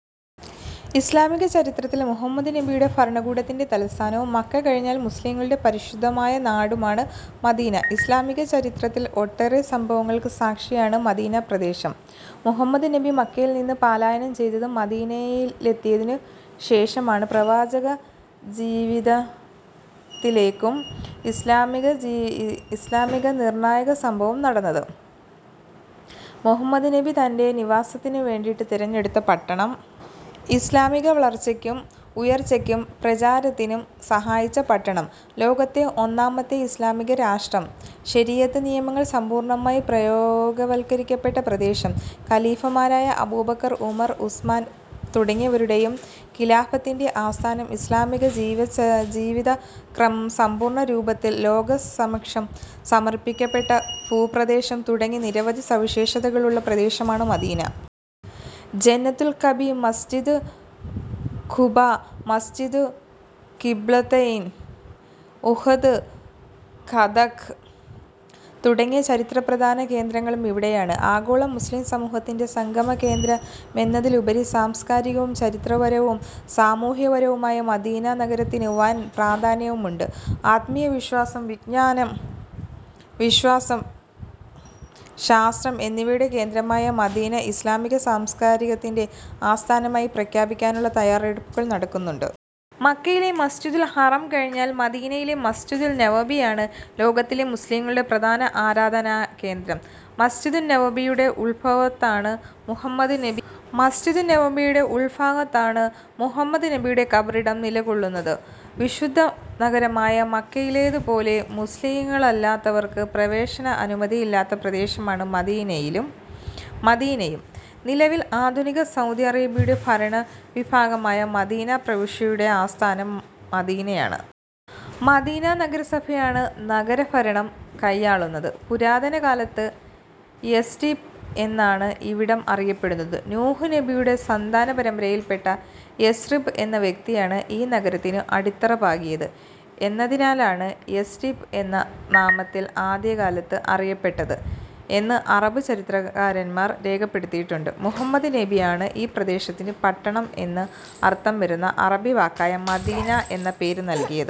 ഇസ്ലാമികചരിത്രത്തിൽ മുഹമ്മദ് നബിയുടെ ഭരണകൂടത്തിന്റെ തലസ്ഥാനവും മക്ക കഴിഞ്ഞാൽ മുസ്ലിംകളുടെ പരിശുദ്ധമായ നാടുമാണ് മദീന. ഇസ്ലാമിക ചരിത്രത്തിൽ ഒട്ടേറെ സംഭവങ്ങൾക്ക് സാക്ഷിയാണ് മദീന പ്രദേശം. മുഹമ്മദ് നബി മക്കയിൽ നിന്ന് പലായനം ചെയ്ത് മദീനയിലെത്തിയതിനു ശേഷമാണ് പ്രവാചക ജീവിതത്തിലെയും ഇസ്ലാമിലെയും നിർണായക സംഭവങ്ങൾ നടന്നത്. മുഹമ്മദ് നബി തന്റെ നിവാസത്തിനു തിരഞ്ഞെടുത്ത പട്ടണം, ഇസ്ലാമിന്റെ വളർച്ചക്കും ഉയർച്ചക്കും പ്രചാരത്തിനും സഹായിച്ച പട്ടണം, ലോകത്തെ ഒന്നാമത്തെ ഇസ്ലാമിക രാഷ്ട്രം, ശരീഅത്ത് നിയമങ്ങൾ സമ്പൂർണ്ണമായി പ്രയോഗവൽക്കരിക്കപ്പെട്ട പ്രദേശം, ഖലീഫമാരായ അബൂബക്കർ, ഉമർ, ഉസ്മാൻ തുടങ്ങിയവരുടെയും ഖിലാഫത്തിന്റെ ആസ്ഥാനം, ഇസ്ലാമിക ജീവിതക്രമം സമ്പൂർണ രൂപത്തിൽ ലോകസമക്ഷം സമർപ്പിക്കപ്പെട്ട ഭൂപ്രദേശം തുടങ്ങി നിരവധി സവിശേഷതകളുള്ള പ്രദേശമാണ് മദീന. ജന്നത്തുൽ ബഖീ, മസ്ജിദ് ഖുബാ, മസ്ജിദ് ഖിബ്ലതൈൻ, ഉഹ്ദ്, ഖന്തക്ക് തുടങ്ങിയ ചരിത്ര പ്രധാന കേന്ദ്രങ്ങളും ഇവിടെയാണ്. ആഗോള മുസ്ലിം സമൂഹത്തിന്റെ സംഗമ കേന്ദ്രമെന്നതിലുപരി സാംസ്കാരികവും ചരിത്രപരവും സാമൂഹികപരവുമായി മദീന നഗരത്തിനു വൻ പ്രാധാന്യവുമുണ്ട്. ആത്മീയത, വിശ്വാസം, വിജ്ഞാനം, ശാസ്ത്രം എന്നിവയുടെ കേന്ദ്രമായ മദീനയെ ഇസ്ലാമിക സംസ്കാരത്തിന്റെ ആസ്ഥാനമായി പ്രഖ്യാപിക്കാനുള്ള തയ്യാറെടുപ്പുകൾ നടക്കുന്നുണ്ട്. മക്കയിലെ മസ്ജിദുൽ ഹറം കഴിഞ്ഞാൽ മദീനയിലെ മസ്ജിദുന്നബവിയാണ് ലോക മുസ്ലിംകളുടെ പ്രധാന ആരാധനാ കേന്ദ്രം. മസ്ജിദുന്നബവിയുടെ ഉൾഭാഗത്താണ് മുഹമ്മദ് നബിയുടെ ഖബറിടം നില കൊള്ളുന്നത്. വിശുദ്ധ നഗരമായ മക്കയിലേതു പോലെ മുസ്ലിംകളല്ലാത്തവർക്ക് പ്രവേശന അനുമതിയില്ലാത്ത പ്രദേശമാണ് മദീനയും. നിലവിൽ ആധുനിക സൗദി അറേബ്യയുടെ ഭരണ വിഭാഗമായ മദീന പ്രവിശ്യയുടെ ആസ്ഥാനം മദീനയാണ്. മദീന നഗരസഭയാണ് നഗരഭരണം കയ്യാളുന്നത്. പുരാതന കാലത്ത് യസ്'രിബ് എന്നാണ് ഇവിടം അറിയപ്പെട്ടത്. നൂഹ് നബിയുടെ സന്താന പരമ്പരയിൽ പെട്ട യസ്രിബ് എന്ന വ്യക്തിയാണ് ഈ നഗരത്തിനു അടിത്തറ പാകിയത് എന്നതിനാലാണ് യസ്'രിബ് എന്ന നാമത്തിൽ ആദ്യകാലത്ത് അറിയപ്പെട്ടത് എന്ന് അറബ് ചരിത്രകാരന്മാർ രേഖപ്പെടുത്തിയിട്ടുണ്ട്. മുഹമ്മദ് നബിയാണ് ഈ പ്രദേശത്തിന് പട്ടണം എന്ന് അർഥം വരുന്ന അറബി വാക്കായ മദീന എന്ന പേര് നൽകിയത്.